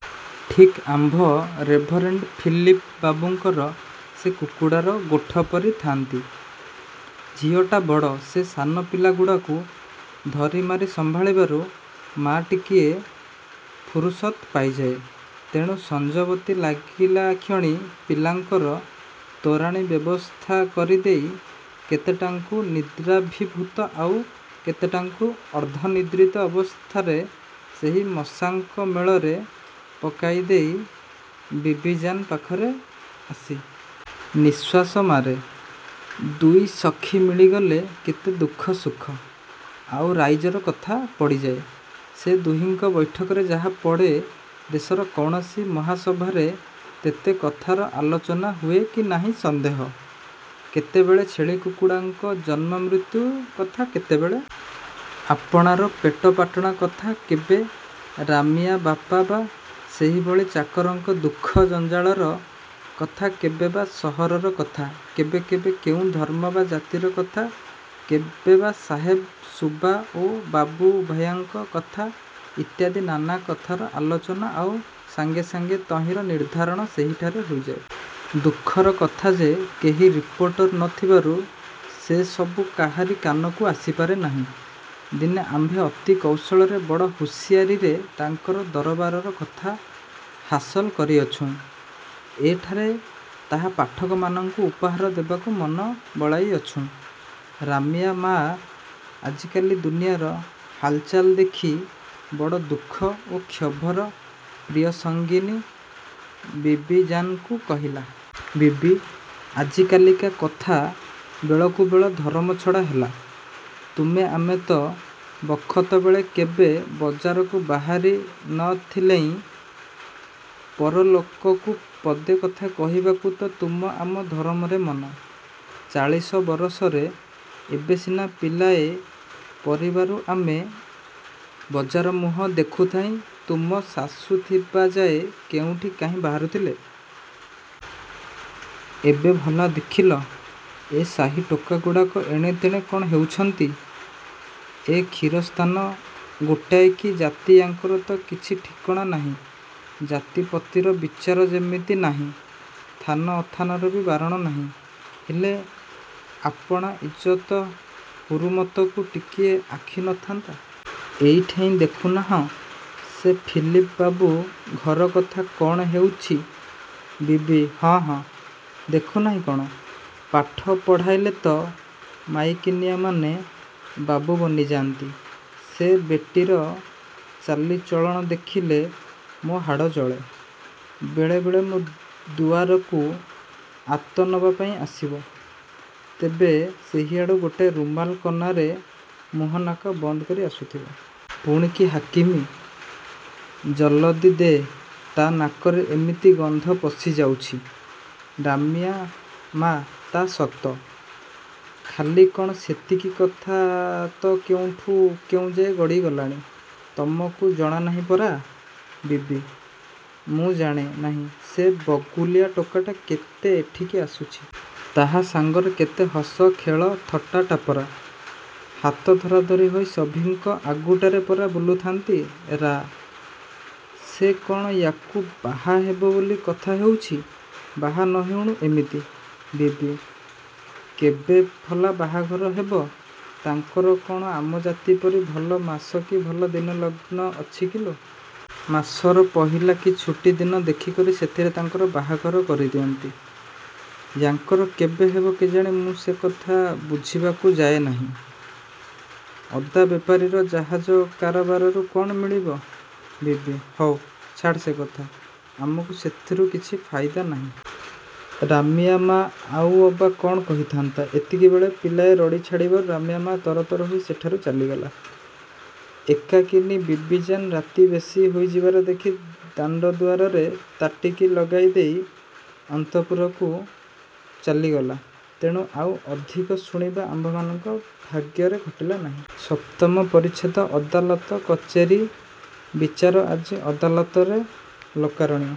ଠିକ୍ ଆମ୍ଭ reverend Philip ବାବୁଙ୍କର ସେ କୁକୁଡ଼ାର ଗୋଠ ପରି ଥାନ୍ତି। ଝିଅଟା ବଡ଼ ସେ ସାନ ପିଲାଗୁଡ଼ାକୁ ଧରିମାରି ସମ୍ଭାଳିବାରୁ ମା' ଟିକିଏ ଫୁରୁସତ ପାଇଯାଏ। ତେଣୁ ସଞ୍ଜବତି ଲାଗିଲାକ୍ଷଣି ପିଲାଙ୍କର ତୋରାଣୀ ବ୍ୟବସ୍ଥା କରିଦେଇ କେତେଟାଙ୍କୁ ନିଦ୍ରାଭିଭୂତ ଆଉ କେତେଟାଙ୍କୁ ଅର୍ଦ୍ଧନିଦ୍ରିତ ଅବସ୍ଥାରେ ସେହି ମଶାଙ୍କ ମେଳରେ ପକାଇଦେଇ ବିବିଜାନ୍ ପାଖରେ ଆସି। ନିଶ୍ୱାସ ମାରେ। ଦୁଇ ସଖୀ ମିଳିଗଲେ କେତେ ଦୁଃଖ ସୁଖ, ଆଉ ରାଇଜର କଥା ପଡ଼ିଯାଏ-। ସେ ଦୁହିଙ୍କ ବୈଠକରେ ଯାହା ପଡ଼େ, ଦେଶର କୌଣସି ମହାସଭାରେ ତେତେ କଥାର ଆଲୋଚନା ହୁଏ କି ନାହିଁ ସନ୍ଦେହ! କେତେବେଳେ ଛେଳି କୁକୁଡ଼ାଙ୍କ ଜନ୍ମମୃତ୍ୟୁ କଥା କେତେବେଳେ ଆପଣାର ପେଟପାଟଣା କଥା କେବେ ରାମିଆ ବାପା ବା ସେହିଭଳି ଚାକରଙ୍କ ଦୁଃଖ ଜଞ୍ଜାଳର କଥା କେବେ ବା ସହରର କଥା କେବେ କେବେ କେଉଁ ଧର୍ମ ବା ଜାତିର କଥା କେବେ ବା ସାହେବ ସୁବା ଓ ବାବୁ ଭୟାଙ୍କ କଥା ଇତ୍ୟାଦି ନାନା କଥାର ଆଲୋଚନା ଆଉ ସାଙ୍ଗେ ସାଙ୍ଗେ ତହିଁର ନିର୍ଦ୍ଧାରଣ ସେହିଠାରେ ହୋଇଯାଏ। ଦୁଃଖର କଥା ଯେ, କେହି ରିପୋର୍ଟର ନ ଥିବାରୁ ସେ ସବୁ କାହାରି କାନକୁ ଆସିପାରେ ନାହିଁ। ଦିନେ ଆମ୍ଭେ ଅତି କୌଶଳରେ ବଡ଼ ହୁସିଆରୀରେ ତାଙ୍କର ଦରବାରର କଥା ହାସଲ୍ କରିଅଛୁଁ। ଏଠାରେ ତାହା ପାଠକମାନଙ୍କୁ ଉପହାର ଦେବାକୁ ମନ ବଳାଇଅଛୁଁ। ରାମିଆ ମା' ଆଜିକାଲି ଦୁନିଆର ହାଲଚାଲ ଦେଖି ବଡ଼ ଦୁଃଖ ଓ କ୍ଷୋଭର ପ୍ରିୟସଙ୍ଗିନୀ ବିବିଜାନ୍କୁ କହିଲା. ''ବିବି, ଆଜିକାଲିକା କଥା ବେଳକୁବେଳ ଧରମଛଡ଼ା ହେଲା। ତୁମେ ଆମେ ତ ବଖତବେଳେ କେବେ ବଜାରକୁ ବାହାରି ନ ଥିଲେଇଁ। ପର ଲୋକକୁ ପଦେ କଥା କହିବାକୁ ତ ତୁମ ଆମ ଧରମରେ ମନା। ଚାଳିଶ ବରଷରେ ଏବେ ସିନା ପିଲାଏ ପାରିବାରୁ ଆମେ ବଜାରମୁହଁ ଦେଖୁଥାଇଁ ତୁମ ଶାଶୁ ଥିବାଯାଏ କୋଉଁଠି କାହିଁ ବାହାରୁଥିଲ? ଏବେ ଭଲା ଦେଖିଲ, ଏ ସାହି ଟୋକିଗୁଡ଼ାକ ଏଣେତେଣେ କଣ ହଉଛନ୍ତି! ଏ ଖୀରସ୍ତାନ ଗୋଟାଏ କି ଜାତି ୟାଙ୍କର ତ କିଛି ଠିକଣା ନାହିଁ ଜାତିପତିର ବିଚାର ଯେମିତି ନାହିଁ ଥାନ ଅଥାନର ବି ବାରଣ ନାହିଁ। ହେଲେ ଆପଣା ଇଜତ ହୁରୁମତକୁ ଟିକିଏ ଆଖି ନଥାନ୍ତା! ଏଇଠେଇଁ ଦେଖୁନାହଁ, ସେ ଫିଲିପ ବାବୁ ଘର କଥା କଣ ହେଉଛି! ବିବି- ହଁ ହଁ, ଦେଖୁନାହିଁ କଣ? ପାଠ ପଢ଼ାଇଲେ ତ ମାଇକିନିଆମାନେ ବାବୁ ବନିଯାନ୍ତି। ସେ ବେଟୀର ଚାଲି ଚଳଣ ଦେଖିଲେ ମୋ ହାଡ଼ ଜଳେ। ବେଳେବେଳେ ମୋ ଦୁଆରକୁ ଆତ ନବା ପାଇଁ ଆସିବ, ତେବେ ସେହିଆଡୁ ଗୋଟାଏ ରୁମାଲ କନାରେ ମୁହଁ ନାକ ବନ୍ଦ କରି ଆସୁଥିବ। ପୁଣି କି ହାକିମି! ଜଲଦି ଦେ ତା ନାକରେ ଏମିତି ଗନ୍ଧ ପଶିଯାଉଛି! ରାମିଆ ମା' ତା ସତ, ଖାଲି କଣ ସେତିକି ତା କଥା ତ କେଉଁଠୁ କେଉଁଯାଏ ଗଡ଼ି ଗଲାଣି। ତୁମକୁ ଜଣା ନାହିଁ ପରା? ବିବି- ମୁଁ ଜାଣେ ନାହିଁ ସେ ବଗୁଲିଆ ଟୋକାଟା କେତେ ଏଠିକି ଆସୁଛି। ତାହା ସାଙ୍ଗରେ କେତେ ହସ ଖେଳ ଥଟା ଟାପରା। ହାତ ଧରାଧରି ହୋଇ ସଭିଁଙ୍କ ଆଗୁଟାରେ ପରା ବୁଲୁଥାନ୍ତି। ରା- ସେ କଣ ୟାକୁ ବାହା ହବ ବୋଲି କଥା ହଉଛି। ବାହା ନ ହଉଣୁ ଏମିତି! ବିବି- କେବେ ଭଲା ବାହାଘର ହେବ? ରା- ତାଙ୍କର କଣ ଆମ ଜାତି ପରି ଭଲ ମାସ କି ଭଲ ଦିନ ଲଗ୍ନ ଅଛି କି ଲୋ? ମାସର ପହିଲା କି ଛୁଟି ଦିନ ଦେଖିକରି ସେଥିରେ ତାଙ୍କର ବାହାଘର କରିଦିଅନ୍ତି। ୟାଙ୍କର କେବେ ହେବ କେଜାଣି ମୁଁ ସେତେ କଥା ବୁଝିବାକୁ ଯାଏ ନାହିଁ। ଅଦାବେପାରୀର ଜାହାଜ କାରବାରରୁ କଣ ମିଳିବ? ବିବି- ହେଉ, ଛାଡ଼ ସେ କଥା, ଆମକୁ ସେଥିରୁ କିଛି ଫାଇଦା ନାହିଁ। ରାମିଆ ମା' ଆଉ ଅବା କଣ କହିଥାନ୍ତା, ଏତିକିବେଳେ ପିଲାଟାଏ ରଡ଼ି ଛାଡ଼ିବାରୁ ରାମିଆ ମା' ତରତର ହୋଇ ସେଠାରୁ ଚାଲିଗଲା। ଏକାକିନୀ ବିବିଜାନ୍ ରାତି ବେଶି ହୋଇଯିବାର ଦେଖି ଦାଣ୍ଡ ଦୁଆରରେ ତାଟିକି ଲଗାଇଦେଇ ଅନ୍ତଃପୁରକୁ ଚାଲି ଗଲା। ତେଣୁ ଆଉ ଅଧିକ ଶୁଣିବା ଆମ୍ଭମାନଙ୍କ ଭାଗ୍ୟରେ ଘଟିଲା ନାହିଁ। ସପ୍ତମ ପରିଚ୍ଛେଦ ଅଦାଲତ କଚେରି-ବିଚାର ଆଜି ଅଦାଲତରେ ଲୋକାରଣ୍ୟ।